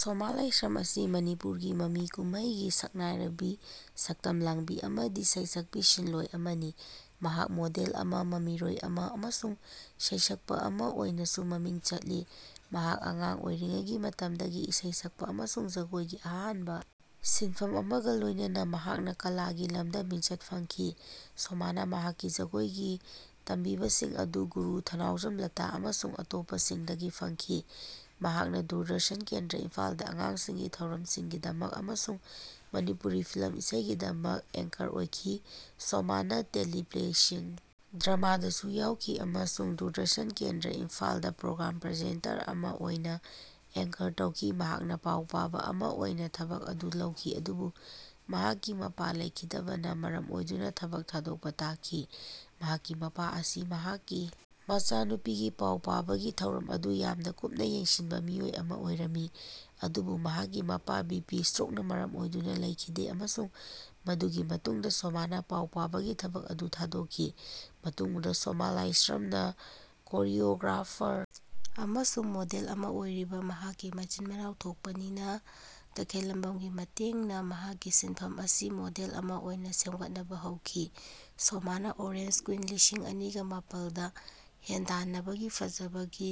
ꯁꯣꯃꯥ ꯂꯥꯢꯁ꯭ꯔꯝ ꯑꯁꯤ ꯃꯅꯤꯄꯨꯔꯒꯤ ꯃꯃꯤ ꯀꯨꯝꯃꯩꯒꯤ ꯁꯛꯅꯥꯢꯔꯕꯤ ꯁꯛꯇꯝ ꯂꯥꯡꯕꯤ ꯑꯃꯗꯤ ꯁꯩꯁꯛꯄꯤ ꯁꯤꯟꯂꯣꯢ ꯑꯃꯅꯤ꯫ ꯃꯍꯥꯛ ꯃꯣꯗꯦꯜ ꯑꯃ, ꯃꯃꯤꯔꯣꯏ ꯑꯃ ꯑꯃꯁꯨꯡ ꯁꯩꯁꯛꯄ ꯑꯃ ꯑꯣꯏꯅꯁꯨ ꯃꯃꯤꯡ ꯆꯠꯂꯤ꯫ ꯃꯍꯥꯛ ꯑꯉꯥꯡ ꯑꯣꯏꯔꯤꯉꯩꯒꯤ ꯃꯇꯝꯗꯒꯤ ꯏꯁꯩ ꯁꯛꯄ ꯑꯃꯁꯨꯡ ꯖꯒꯣꯏꯒꯤ ꯑꯍꯥꯟꯕ ꯁꯤꯟꯐꯝ ꯑꯃꯒ ꯂꯣꯏꯅꯅ ꯃꯍꯥꯛꯅ ꯀꯂꯥꯒꯤ ꯂꯝꯗ ꯃꯤꯡꯆꯠ ꯐꯪꯈꯤ꯫ ꯁꯣꯃꯥꯅ ꯃꯍꯥꯛꯀꯤ ꯖꯒꯣꯏꯒꯤ ꯇꯝꯕꯤꯕꯁꯤꯡ ꯑꯗꯨ ꯒꯨꯔꯨ ꯊꯧꯅꯥꯎꯖꯝ ꯂꯇꯥ ꯑꯃꯁꯨꯡ ꯑꯇꯣꯞꯄꯁꯤꯡꯗꯒꯤ ꯐꯪꯈꯤ꯫ ꯃꯍꯥꯛꯅ ꯗꯨꯔꯗꯔꯁꯟ ꯀꯦꯟꯗ꯭ꯔꯥ ꯏꯝꯐꯥꯜꯗ ꯑꯉꯥꯡꯁꯤꯡꯒꯤ ꯊꯧꯔꯝꯁꯤꯡꯒꯤꯗꯃꯛ ꯑꯃꯁꯨꯡ ꯃꯅꯤꯄꯨꯔꯤ ꯐꯤꯜꯝ ꯏꯁꯩꯒꯤꯗꯃꯛ ꯑꯦꯡꯀꯔ ꯑꯣꯏꯈꯤ꯫ ꯁꯣꯃꯥꯅ ꯇꯦꯂꯤꯄ꯭ꯂꯦꯁꯤꯡ, ꯗ꯭ꯔꯃꯥꯗꯁꯨ ꯌꯥꯎꯈꯤ ꯑꯃꯁꯨꯡ ꯗꯨꯔꯗꯔꯁꯟ ꯀꯦꯟꯗ꯭ꯔꯥ ꯏꯝꯐꯥꯜꯗ ꯄ꯭ꯔꯣꯒ꯭ꯔꯥꯝ ꯄ꯭ꯔꯖꯦꯟꯇꯔ ꯑꯃ ꯑꯣꯏꯅ ꯑꯦꯡꯀꯔ ꯇꯧꯈꯤ꯫ ꯃꯍꯥꯛꯅ ꯄꯥꯎ ꯄꯥꯕ ꯑꯃ ꯑꯣꯏꯅ ꯊꯕꯛ ꯑꯗꯨ ꯂꯧꯈꯤ ꯑꯗꯨꯕꯨ ꯃꯍꯥꯛꯀꯤ ꯃꯄꯥ ꯂꯩꯈꯤꯗꯕꯅ ꯃꯔꯝ ꯑꯣꯏꯗꯨꯅ ꯊꯕꯛ ꯊꯥꯗꯣꯛꯄ ꯇꯥꯈꯤ꯫ ꯃꯍꯥꯛꯀꯤ ꯃꯄꯥ ꯑꯁꯤ ꯃꯍꯥꯛꯀꯤ ꯃꯆꯥꯅꯨꯄꯤꯒꯤ ꯄꯥꯎ ꯄꯥꯕꯒꯤ ꯊꯧꯔꯝ ꯑꯗꯨ ꯌꯥꯝꯅ ꯀꯨꯞꯅ ꯌꯦꯡꯁꯤꯟꯕ ꯃꯤꯑꯣꯏ ꯑꯃ ꯑꯣꯏꯔꯝꯃꯤ꯫ ꯑꯗꯨꯕꯨ ꯃꯍꯥꯛꯀꯤ ꯃꯄꯥ ꯕꯤ ꯄꯤ ꯁ꯭ꯇ꯭ꯔꯣꯛꯅ ꯃꯔꯝ ꯑꯣꯏꯗꯨꯅ ꯂꯩꯈꯤꯗꯦ ꯑꯃꯁꯨꯡ ꯃꯗꯨꯒꯤ ꯃꯇꯨꯡꯗ ꯁꯣꯃꯥꯅ ꯄꯥꯎ ꯄꯥꯕꯒꯤ ꯊꯕꯛ ꯑꯗꯨ ꯊꯥꯗꯣꯛꯈꯤ꯫ ꯃꯇꯨꯡꯗ ꯁꯣꯃꯥ ꯂꯥꯏꯁ꯭ꯔꯝꯅ ꯀꯣꯔꯤꯑꯣꯒ꯭ꯔꯥꯐꯔ ꯑꯃꯁꯨꯡ ꯃꯣꯗꯦꯜ ꯑꯃ ꯑꯣꯏꯔꯤꯕ ꯃꯍꯥꯛꯀꯤ ꯃꯆꯤꯟ ꯃꯅꯥꯎ ꯊꯣꯛꯄ ꯅꯤꯅ ꯇꯈꯦꯜꯂꯝꯕꯝꯒꯤ ꯃꯇꯦꯡꯅ ꯃꯍꯥꯛꯀꯤ ꯁꯤꯟꯐꯝ ꯑꯁꯤ ꯃꯣꯗꯦꯜ ꯑꯃ ꯑꯣꯏꯅ ꯁꯦꯝꯒꯠꯅꯕ ꯍꯧꯈꯤ꯫ ꯁꯣꯃꯥꯅ ꯑꯣꯔꯦꯟꯖ ꯀ꯭ꯋꯤꯟ ꯂꯤꯁꯤꯡ ꯑꯅꯤꯒ ꯃꯥꯄꯜꯗ ꯍꯦꯟꯗꯥꯟꯅꯕꯒꯤ ꯐꯖꯕꯒꯤ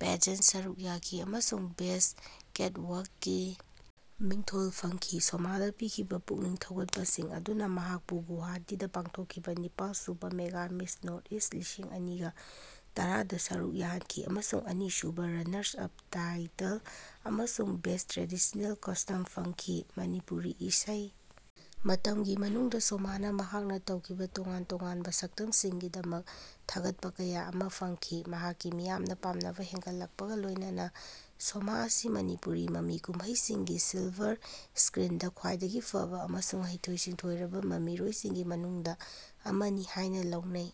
ꯄꯦꯖꯦꯟ꯭ꯇꯁ ꯁꯔꯨꯛ ꯌꯥꯈꯤ ꯑꯃꯁꯨꯡ 'ꯕꯦꯁ꯭ꯠ ꯀꯦꯠꯋꯥꯛ'ꯀꯤ ꯃꯤꯡꯊꯣꯜ ꯐꯪꯈꯤ꯫ ꯁꯣꯃꯥꯗ ꯄꯤꯈꯤꯕ ꯄꯨꯛꯅꯤꯡ ꯊꯧꯒꯠꯄꯁꯤꯡ ꯑꯗꯨꯅ ꯃꯍꯥꯛꯄꯨ ꯒꯨꯋꯥꯍꯥꯇꯤꯗ ꯄꯥꯡꯊꯣꯛꯈꯤꯕ ꯅꯤꯄꯥꯜ ꯁꯨꯕ ꯃꯦꯒꯥ ꯃꯤꯁ ꯅꯣꯔꯊ ꯏꯁ꯭ꯠ ꯂꯤꯁꯤꯡ ꯑꯅꯤꯒ ꯇꯔꯥꯗ ꯁꯔꯨꯛ ꯌꯥꯍꯟꯈꯤ ꯑꯃꯁꯨꯡ 'ꯑꯅꯤꯁꯨꯕ ꯔꯅꯔꯁ ꯑꯞ ꯇꯥꯏꯇꯜ' ꯑꯃꯁꯨꯡ 'ꯕꯦꯁ꯭ꯠ ꯇ꯭ꯔꯦꯗꯤꯁꯅꯦꯜ ꯀꯣꯁ꯭ꯇꯝ' ꯐꯪꯈꯤ꯫ ꯃꯅꯤꯄꯨꯔꯤ ꯏꯁꯩ ꯃꯇꯝꯒꯤ ꯃꯅꯨꯡꯗ ꯁꯣꯃꯥꯅ ꯃꯍꯥꯛꯅ ꯇꯧꯈꯤꯕ ꯇꯣꯉꯥꯟ ꯇꯣꯉꯥꯟꯕ ꯁꯛꯇꯝꯁꯤꯡꯒꯤꯗꯃꯛ ꯊꯥꯒꯠꯄ ꯀꯌꯥ ꯑꯃ ꯐꯪꯈꯤ꯫ ꯃꯍꯥꯛꯀꯤ ꯃꯤꯌꯥꯝꯅ ꯄꯥꯝꯅꯕ ꯍꯦꯟꯒꯠꯂꯛꯄꯒ ꯂꯣꯏꯅꯅ ꯁꯣꯃꯥ ꯑꯁꯤ ꯃꯅꯤꯄꯨꯔꯤ ꯃꯃꯤ ꯀꯨꯝꯍꯩꯁꯤꯡꯒꯤ ꯁꯤꯜꯚꯔ ꯏꯁꯀ꯭ꯔꯤꯟꯗ ꯈ꯭ꯋꯥꯏꯗꯒꯤ ꯐꯕ ꯑꯃꯁꯨꯡ ꯍꯩꯊꯣꯏ ꯁꯤꯡꯊꯣꯏꯔꯕ ꯃꯃꯤꯔꯣꯏꯁꯤꯡꯒꯤ ꯃꯅꯨꯡꯗ ꯑꯃꯅꯤ ꯍꯥꯏꯅ ꯂꯧꯅꯩ꯫